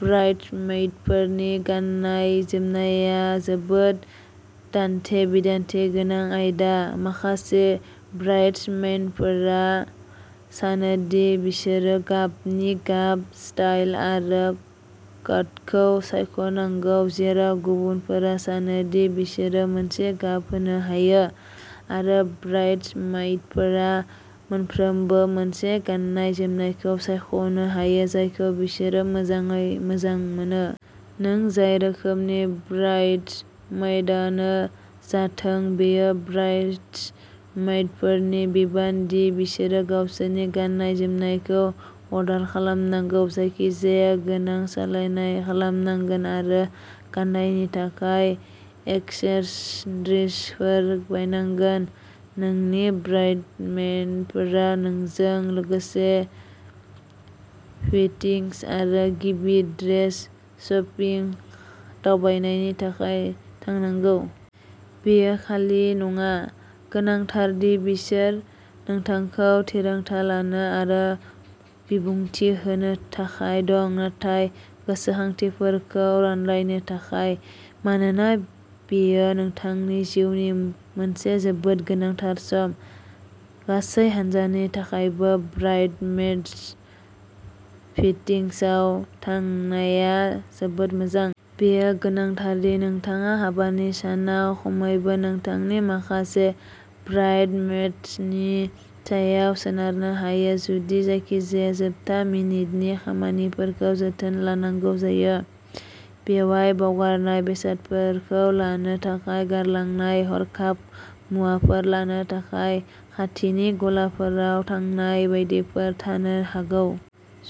ब्राइड्समेइडफोरनि गाननाय जोमनाया जोबोद दान्थे-बिदान्थे गोनां आयदा। माखासे ब्राइड्समेइडफोरा सानो दि बिसोरो गाबनि गाब, स्टाइल आरो काटखौ सायख'नांगौ, जेराव गुबुनफोरा सानो दि बिसोरो मोनसे गाब होनो हायो, आरो ब्राइड्समेइडफोरा मोनफ्रोमबो मोनसे गाननाय जोमनायखौ सायख'नो हायो जायखौ बिसोरो मोजाङै मोजां मोनो। नों जाय रोखोमनि ब्राइड्समेइडानो जाथों, बेयो ब्राइड्समेइडफोरनि बिबान दि बिसोरो गावसोरनि गाननाय जोमनायखौ अर्डार खालामनांगौ, जायखिजाया गोनां सोलायनाय खालामनांगोन, आरो गाननायनि थाखाय एक्सेसरिजफोर बायनांगोन। नोंनि ब्राइड्समेइडफोरा नोंजों लोगोसे फिटिंस आरो गिबि ड्रेस शपिं दावबायनायनि थाखाय थानांगौ। बेयो खालि नङा। गोनांथार दि बिसोर नोंथांखौ थिरांथा लानो आरो बिबुंथि होनो थाखाय दं, नाथाय गोसोखांथिफोरखौ रानलायनो थाखाय, मानोना बेयो नोंथांनि जिउनि मोनसे जोबोद गोनांथार सम। गासै हान्जानि थाखायबो ब्राइड्समेड्स फिटिंग्सआव थांनाया जोबोद मोजां। बेयो गोनांथार दि नोंथाङा हाबानि सानाव खमैबो नोंथांनि माखासे ब्राइड्समेड्सनि सायाव सोनारनो हायो, जुदि जायखिजाया जोबथा मिनिटनि खामानिफोरखौ जोथोन लानांगौ जायो। बेयाव बावगारनाय बेसादफोरखौ लानो थाखाय खारलांनाय, हरखाब मुवाफोर लानो थाखाय खाथिनि गलाफोराव थांनाय बायदिफोर थानो हागौ।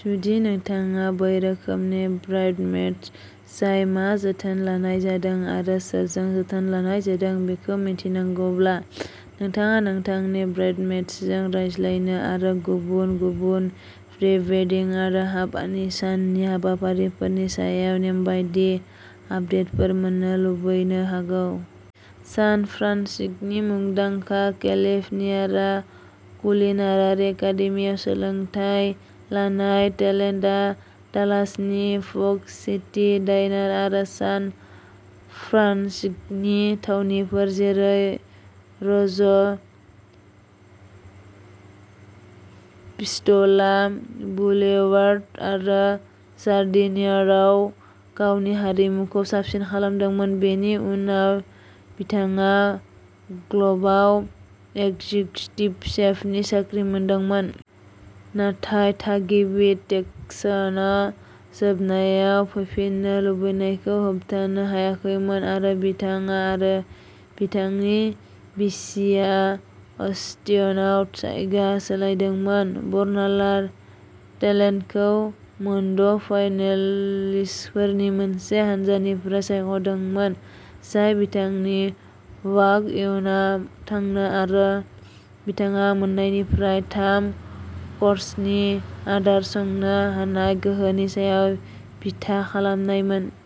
जुदि नोंथाङा बै रोखोमनि ब्राइड्समेड्स जाय मा जोथोन लानाय जादों आरो सोरजों जोथोन लानाय जादों बेखौ मिथिनांगौब्ला, नोंथाङा नोंथांनि ब्राइड्समेड्सजों रायज्लायनो आरो गुबुन गुबुन प्रि-वेडिंग आरो हाबानि साननि हाबाफारिफोरनि सायाव नेमबादि आपडेटफोर मोन्नो लुबैनो हागौ। सान फ्रान्सिस्क'नि मुंदांखा केलिफ'र्निया कुलिनारि एकादेमिआव सोलोंथाय लानाय, टेलेन्टआ डालासनि फग सिटी डाइनार आरो सान फ्रान्सिस्क'नि थावनिफोर जेरै र'ज पिस्ट'ला, बुलेवार्ड आरो जार्डिनियरआव गावनि आरिमुखौ साबसिन खालामदोंमोन, बेनि उनाव बिथाङा ग्ल'बआव एकजेक्युटिभ शेफनि साख्रि मोनदोंमोन। नाथाय थागिबि टेक्सानआ जोबनायाव फैफिननो लुबैनायखौ होबथानो हायाखैमोन, आरो बिथाङा आरो बिथांनि बिसिआ अस्टिनआव जायगा सोलायदोंमोन। बर्नालआ टेलेन्टखौ मोनद'फाइनालिस्टफोरनि मोनसे हानजानिफ्राय सायख'दोंमोन, जाय बिथांनि वाक-इनआव थांनो आरो बिथाङा मोन्नायनिफ्राय थाम-क'र्सनि आदार संनो हानाय गोहोनि सायाव बिथा खालामनायमोन।